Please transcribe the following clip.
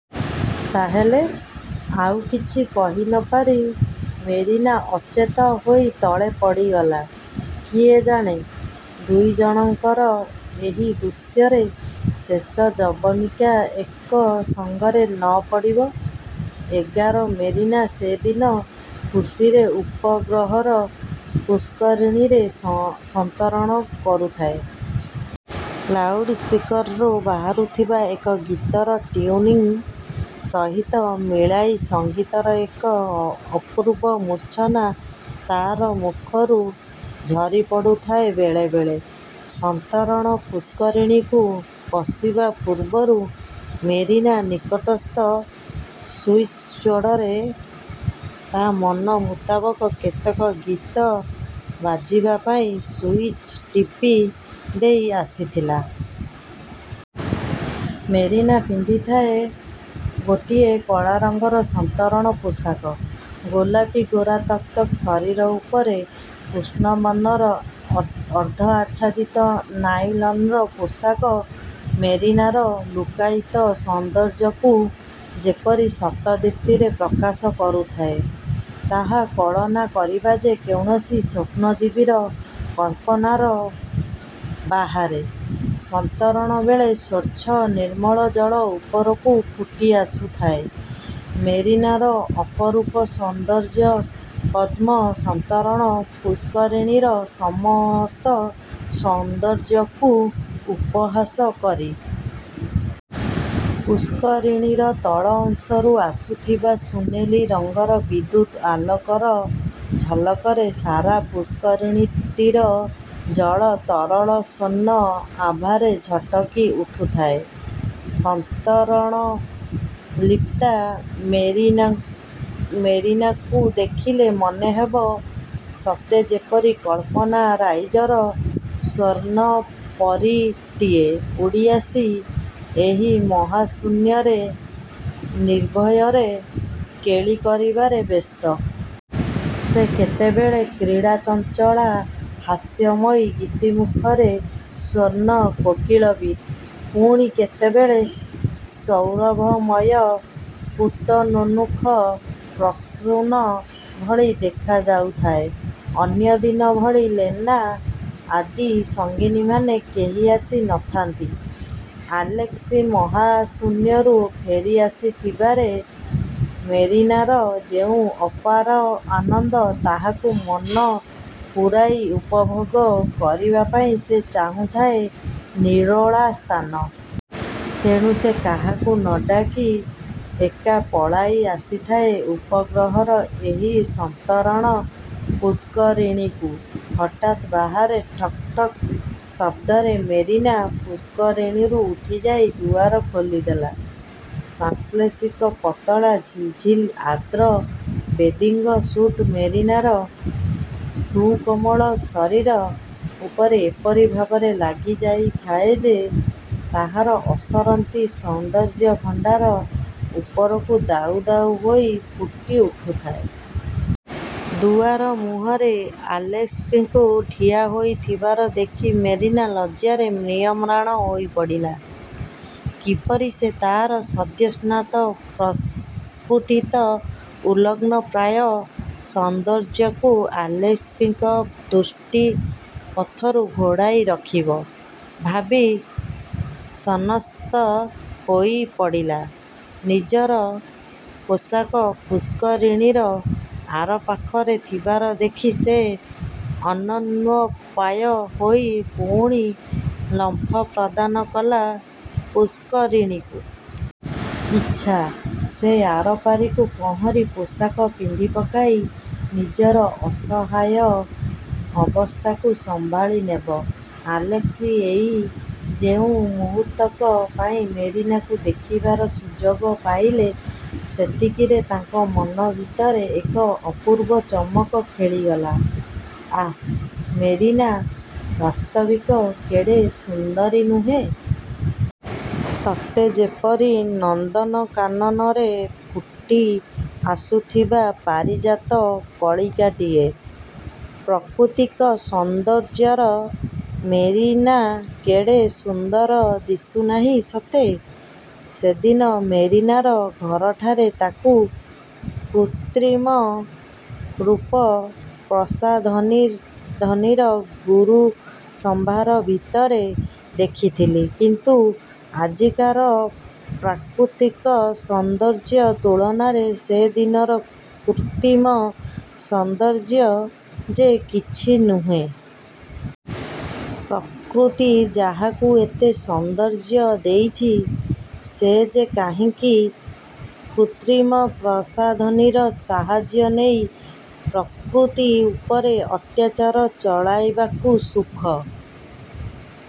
ତା ହେଲେ–? '' ଆଉ କିଛି କହି ନ ପାରି ମେରିନା ଅଚେତ ହୋଇ ତଳେ ପଡ଼ିଗଲା। କିଏ ଜାଣେ, ଦୁଇଜଣଙ୍କର ଏହି ଦୃଶ୍ୟରେ ଶେଷ ଯବନିକା ଏକ ସଙ୍ଗରେ ନ ପଡ଼ିବ? ଏଗାର ମେରିନା ସେ ଦିନ ଖୁସିରେ ଉପଗ୍ରହର ପୁଷ୍କରିଣୀରେ ସନ୍ତରଣ କରୁଥାଏ। ଲାଉଡ଼୍ସ୍ପିକରରୁ ବାହାରୁଥିବା ଏକ ଗୀତର ଟିଉନିଂ ସହିତ ମିଳାଇ ସଙ୍ଗୀତର ଏକ ଅପୂର୍ବ ମୂର୍ଚ୍ଛନା ତା'ର ମୁଖରୁ ଝରିପଡ଼ୁଥାଏ ବେଳେବେଳେ। ସନ୍ତରଣ ପୁଷ୍କରିଣୀକୁ ପଶିବା ପୂର୍ବରୁ ମେରିନା ନିକଟସ୍ଥ ସୁଇଚ୍ବୋର୍ଡ଼ରେ ତା' ମନ ମୁତାବକ କେତେକ ଗୀତ ବାଜିବା ପାଇଁ ସୁଇଚ୍ ଟିପି ଦେଇ ଆସିଥିଲା। ମେରିନା ପିନ୍ଧିଥାଏ ଗୋଟିଏ କଳା ରଙ୍ଗର ସନ୍ତରଣ ପୋଷାକ। ଗୋଲାପି ଗୋରାତକ୍ତକ୍ ଶରୀର ଉପରେ କୃଷ୍ଣବର୍ଣ୍ଣର ଅର୍ଦ୍ଧଆଚ୍ଛାଦିତ ନାଇଲନ୍ର ପୋଷାକ ମେରିନାର ଲୁକ୍କାୟିତ ସୌନ୍ଦର୍ଯ୍ୟକୁ ଯେପରି ଶତଦୀପ୍ତିରେ ପ୍ରକାଶ କରୁଥାଏ, ତାହା କଳନା କରିବା ଯେ କୌଣସି ସ୍ୱପ୍ନଜୀବୀର କଳ୍ପନାର ବାହାରେ। ସନ୍ତରଣବେଳେ ସ୍ୱଚ୍ଛ ନିର୍ମ୍ମଳ ଜଳ ଉପରକୁ ଫୁଟି ଆସୁଥାଏ ମେରିନାର ଅପରୂପ ସୌନ୍ଦର୍ଯ୍ୟପଦ୍ମ ସନ୍ତରଣ ପୁଷ୍ପରିଣୀର ସମସ୍ତ ସୌନ୍ଦର୍ଯ୍ୟକୁ ଉପହାସ କରି। ପୁଷ୍କରିଣୀର ତଳଅଂଶରୁ ଆସୁଥିବା ସୁନେଲି ରଙ୍ଗର ବିଦ୍ୟୁତ୍ ଆଲୋକର ଝଲକରେ ସାରା ପୁଷ୍କରିଣୀଟିର ଜଳ ତରଳ ସ୍ୱର୍ଣ୍ଣ ଆଭାରେ ଝଟକି ଉଠୁଥାଏ। ସନ୍ତରଣଲିପ୍ତା ମେରିନାକୁ ଦେଖିଲେ ମନେ ହେବ, ସତେ ଯେପରି କଳ୍ପନା–ରାଇଜର ସ୍ୱର୍ଣ୍ଣ ପରୀଟିଏ ଉଡ଼ିଆସି ଏହି ମହାଶୂନ୍ୟରେ ନିର୍ଭୟରେ କେଳି କରିବାରେ ବ୍ୟସ୍ତ। ସେ କେତେବେଳେ କ୍ରୀଡ଼ାଚଞ୍ଚଳା ହାସ୍ୟମୟୀ ଗୀତିମୁଖରେ ସ୍ୱର୍ଣ୍ଣ କୋକିଳବିତ୍, ପୁଣି କେତେବେଳେ ସୌରଭମୟ ସ୍ଫୁଟନୋନ୍ନୁଖ ପ୍ରସୂନ ଭଳି ଦେଖାଯାଉଥାଏ। ଅନ୍ୟ ଦିନ ଭଳି ଲେନା ଆଦି ସଙ୍ଗିନୀମାନେ କେହି ଆସି ନଥାନ୍ତି। ଆଲେସ୍କି ମହାଶୂନ୍ୟରୁ ଫେରିଆସିଥିବାରେ ମେରିନାର ଯେଉଁ ଅପାର ଆନନ୍ଦ, ତାହାକୁ ମନ ପୂରାଇ ଉପଭୋଗ କରିବା ପାଇଁ ସେ ଚାହୁଁଥାଏ ନିରୋଳାସ୍ଥାନ। ତେଣୁ ସେ କାହାକୁ ନ ଡାକି ଏକା ପଳାଇ ଆସିଥାଏ ଉପଗ୍ରହର ଏହି ସନ୍ତରଣ ପୁଷ୍କରିଣୀକୁ। ହଠାତ ବାହାରେ ଠକ୍ଠକ୍ ଶବ୍ଦରେ ମେରିନା ପୁଷ୍କରିଣୀରୁ ଉଠିଯାଇ ଦୁଆର ଖୋଲିଦେଲା। ସାଂଶ୍ଳେଷିକ ପତଳା ଝିଲ୍ ଝିଲ୍ ଆର୍ଦ୍ର ବେଦିଙ୍ଗ ସୁଟ୍ ମେରିନାର ସୁକୋମଳ ଶରୀର ଉପରେ ଏପରି ଭାବରେ ଲାଗିଯାଇଥାଏ ଯେ, ତାହାର ଅସରନ୍ତି ସୌନ୍ଦର୍ଯ୍ୟଭଣ୍ଡାର ଉପରକୁ ଦାଉ ଦାଉ ହୋଇ ଫୁଟିଉଠୁଥାଏ। ଦୁଆର ମୁହଁରେ ଆଲେସ୍କିଙ୍କୁ ଠିଆ ହୋଇଥିବାର ଦେଖି ମେରିନା ଲଜ୍ଜାରେ ମ୍ରିୟମ୍ରାଣ ହୋଇପଡ଼ିଲା। କିପରି ସେ ତାର ସଦ୍ୟସ୍ନାତ ପ୍ରସ୍ଫୁଟିତ ଉଲଗ୍ନପ୍ରାୟ ସୌନ୍ଦର୍ଯ୍ୟକୁ ଆଲେସ୍କିଙ୍କ ଦୃଷ୍ଟିପଥରୁ ଘୋଡ଼ାଇ ରଖିବ, ଭାବି ସନ୍ତ୍ରସ୍ତ ହୋଇପଡ଼ିଲା। ନିଜର ପୋଷାକ ପୁଷ୍କରିଣୀର ଆରପାଖରେ ଥିବାର ଦେଖି ସେ ଅନନ୍ୟୋପାୟ ହୋଇ ପୁଣି ଲମ୍ପ ପ୍ରଦାନ କଲା ପୁଷ୍କରିଣୀକୁ। ଇଚ୍ଛା, ସେ ଆରପାରିକୁ ପହରିଁ ପୋଷାକ ପିନ୍ଧିପକାଇ ନିଜର ଅସହାୟ ଅବସ୍ଥାକୁ ସମ୍ଭାଳି ନେବ। ଆଲେସ୍କି ଏଇ ଯେଉଁ ମୁହୂର୍ତ୍ତକ ପାଇଁ ମେରିନାକୁ ଦେଖିବାର ସୁଯୋଗ ପାଇଲେ, ସେତିକିରେ ତାଙ୍କ ମନଭିତରେ ଏକ ଅପୂର୍ବ ଚମକ ଖେଳିଗଲା। ଆଃ, ମେରିନା ବାସ୍ତବିକ କେଡ଼େ ସୁନ୍ଦରୀ ନୁହେଁ? ସତେ ଯେପରି ନନ୍ଦନକାନନରେ ଫୁଟିଆସୁଥିବା ପାରିଜାତ କଳିକାଟିଏ। ପ୍ରକୃତିକ ସୌନ୍ଦର୍ଯ୍ୟର ମେରିନା କେଡ଼େ ସୁନ୍ଦର ଦିଶୁନାହିଁ ସତେ? ସେଦିନ ମେରିନାର ଘରଠାରେ ତାକୁ କୃତ୍ରିମ ରୂପ–ପ୍ରସାଧନୀର ଗୁରୁସମ୍ଭାର ଭିତରେ ଦେଖିଥିଲି; କିନ୍ତୁ ଆଜିକାର ପ୍ରାକୃତିକ ସୌନ୍ଦର୍ଯ୍ୟ ତୁଳନାରେ ସେ ଦିନର କୃତ୍ରିମ ସୌନ୍ଦର୍ଯ୍ୟ ଯେ କିଛି ନୁହେଁ। ପ୍ରକୃତି ଯାହାକୁ ଏତେ ସୌନ୍ଦର୍ଯ୍ୟ ଦେଇଛି, ସେ ଯେ କାହିଁଙ୍କି କୃତ୍ରିମ ପ୍ରସାଧନୀର ସାହାଯ୍ୟ ନେଇ ପ୍ରକୃତି ଉପରେ ଅତ୍ୟାଚାର ଚଳାଇବାକୁ ସୁଖ